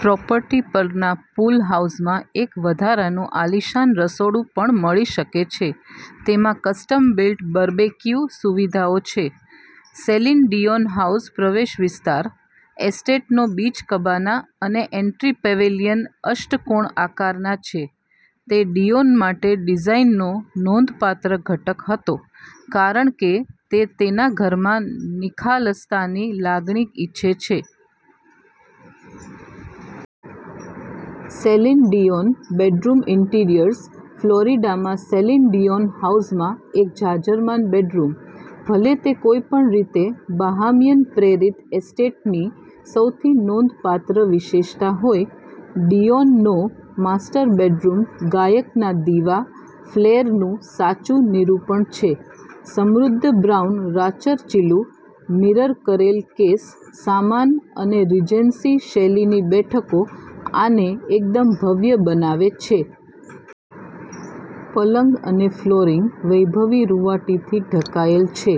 Property પરના pool હાઉસમાં એક વધારાનું આલીશાન રસોડું પણ મળી શકે છે. તેમાં કસ્ટમ-બિલ્ટ બરબેકયુ સુવિધાઓ છે. સેલિન ડીયોન હાઉસ પ્રવેશ વિસ્તાર. એસ્ટેટનો બીચ કબાના અને એન્ટ્રી પેવેલિયન અષ્ટકોણ આકારના છે. તે ડીયોન માટે ડિઝાઇનનો નોંધપાત્ર ઘટક હતો, કારણ કે તે તેના ઘરમાં નિખાલસતાની લાગણી ઇચ્છે છે. Celine Dion bedroom interiors. ફ્લોરિડામાં સેલિન ડીયોન હાઉસમાં એક જાજરમાન બેડરૂમ. ભલે તે કોઈ પણ રીતે બહામિયન-પ્રેરિત એસ્ટેટની સૌથી નોંધપાત્ર વિશેષતા હોય, ડીયોનનો માસ્ટર બેડરૂમ ગાયકના "દિવા" ફ્લેરનું સાચું નિરૂપણ છે. સમૃદ્ધ બ્રાઉન રાચરચીલું, મિરર કરેલ કેસ સામાન અને રીજન્સી-શૈલીની બેઠકો આને એકદમ ભવ્ય બનાવે છે. પલંગ અને ફ્લોરિંગ વૈભવી રુવાંટીથી ઢંકાયેલ છે,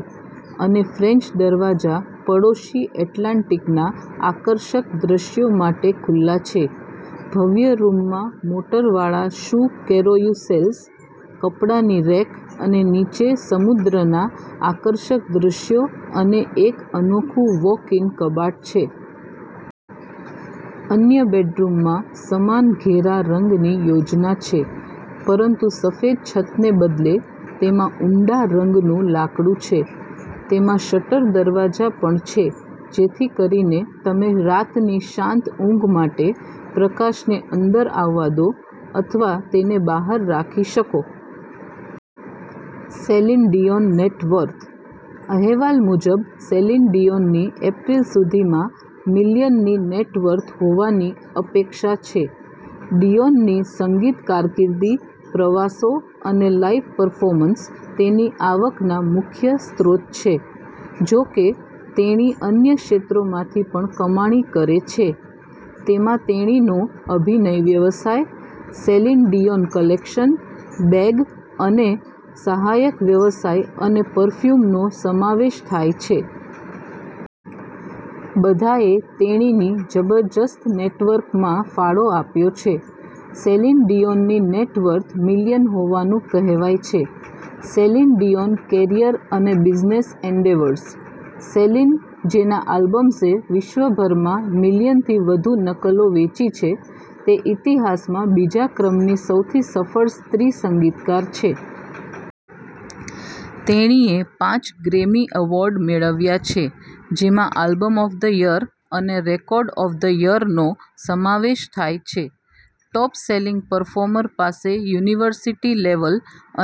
અને ફ્રેન્ચ દરવાજા પડોશી એટલાન્ટિકના આકર્ષક દૃશ્યો માટે ખુલ્લા છે. ભવ્ય રૂમમાં મોટરવાળા શૂ કેરોયુસેલ્સ, કપડાની રેક અને નીચે સમુદ્રના આકર્ષક દૃશ્યો સાથે એક અનોખું વૉક-ઇન કબાટ છે. અન્ય બેડરૂમમાં સમાન ઘેરા રંગની યોજના છે, પરંતુ સફેદ છતને બદલે, તેમાં ઊંડા રંગનું લાકડું છે. તેમાં શટર દરવાજા પણ છે જેથી કરીને તમે રાતની શાંત ઊંઘ માટે પ્રકાશને અંદર આવવા દો અથવા તેને બહાર રાખી શકો. Celine Dion net worth. અહેવાલ મુજબ, સેલિન ડીયોનની એપ્રિલ સુધીમાં મિલિયનની નેટવર્થ હોવાની અપેક્ષા છે. ડીયોનની સંગીત કારકિર્દી, પ્રવાસો અને લાઇવ પર્ફોર્મન્સ તેની આવકના મુખ્ય સ્ત્રોત છે. જો કે, તેણી અન્ય ક્ષેત્રોમાંથી પણ કમાણી કરે છે, જેમાં તેણીનો અભિનય વ્યવસાય, સેલિન ડીયોન કલેક્શન, બેગ અને સહાયક વ્યવસાય અને પરફ્યુમનો સમાવેશ થાય છે. બધાએ તેણીની જબરદસ્ત નેટવર્થમાં ફાળો આપ્યો છે. સેલિન ડીયોનની નેટવર્થ મિલિયન હોવાનું કહેવાય છે. સેલિન ડીયોન કેરિયર અને બિઝનેસ એન્ડેવર્સ. સેલિન, જેના આલ્બમ્સે વિશ્વભરમાં મિલિયનથી વધુ નકલો વેચી છે, તે ઇતિહાસમાં બીજા ક્રમની સૌથી સફળ સ્ત્રી સંગીતકાર છે. તેણીએ પાંચ ગ્રેમી એવોર્ડ મેળવ્યા છે, જેમાં આલ્બમ ઓફ ધ યર અને રેકોર્ડ ઓફ ધ યરનો સમાવેશ થાય છે. ટોપ-સેલિંગ પરફોર્મર પાસે યુનિવર્સિટી લેવલ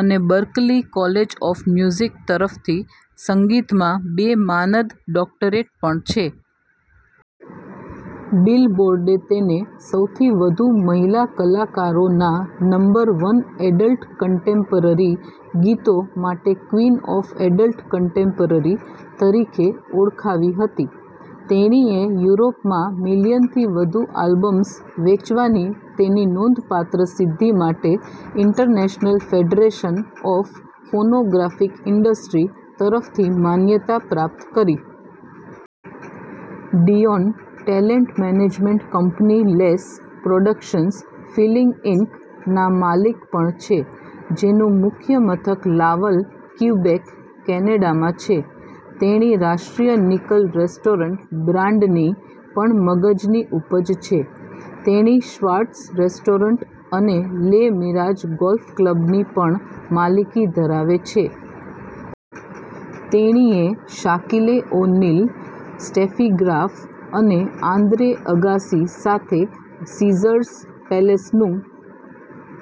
અને બર્કલી કોલેજ ઓફ મ્યુઝિક તરફથી સંગીતમાં બે માનદ ડોક્ટરેટ પણ છે. બિલબોર્ડે તેને સૌથી વધુ મહિલા કલાકારોના નંબર-વન એડલ્ટ કન્ટેમ્પરરી ગીતો માટે "ક્વીન ઓફ એડલ્ટ કન્ટેમ્પરરી" તરીકે ઓળખાવી હતી. તેણીએ યુરોપમાં મિલિયનથી વધુ આલ્બમ્સ વેચવાની તેની નોંધપાત્ર સિદ્ધિ માટે International Federation of Phonographic Industry તરફથી માન્યતા પ્રાપ્ત કરી. Dion talent management company Les Productions Feeling Inc. ના માલિક પણ છે, જેનું મુખ્ય મથક લાવલ, ક્વિબેક, કેનેડામાં છે. તેણી રાષ્ટ્રીય નિકલ રેસ્ટોરન્ટ બ્રાન્ડની પણ મગજની ઉપજ છે. તેણી શ્વાર્ટઝ રેસ્ટોરન્ટ અને લે મિરાજ ગોલ્ફ ક્લબની પણ માલિકી ધરાવે છે. તેણીએ શાકિલે ઓ'નીલ, સ્ટેફી ગ્રાફ અને આન્દ્રે અગાસી સાથે સીઝર્સ પેલેસનું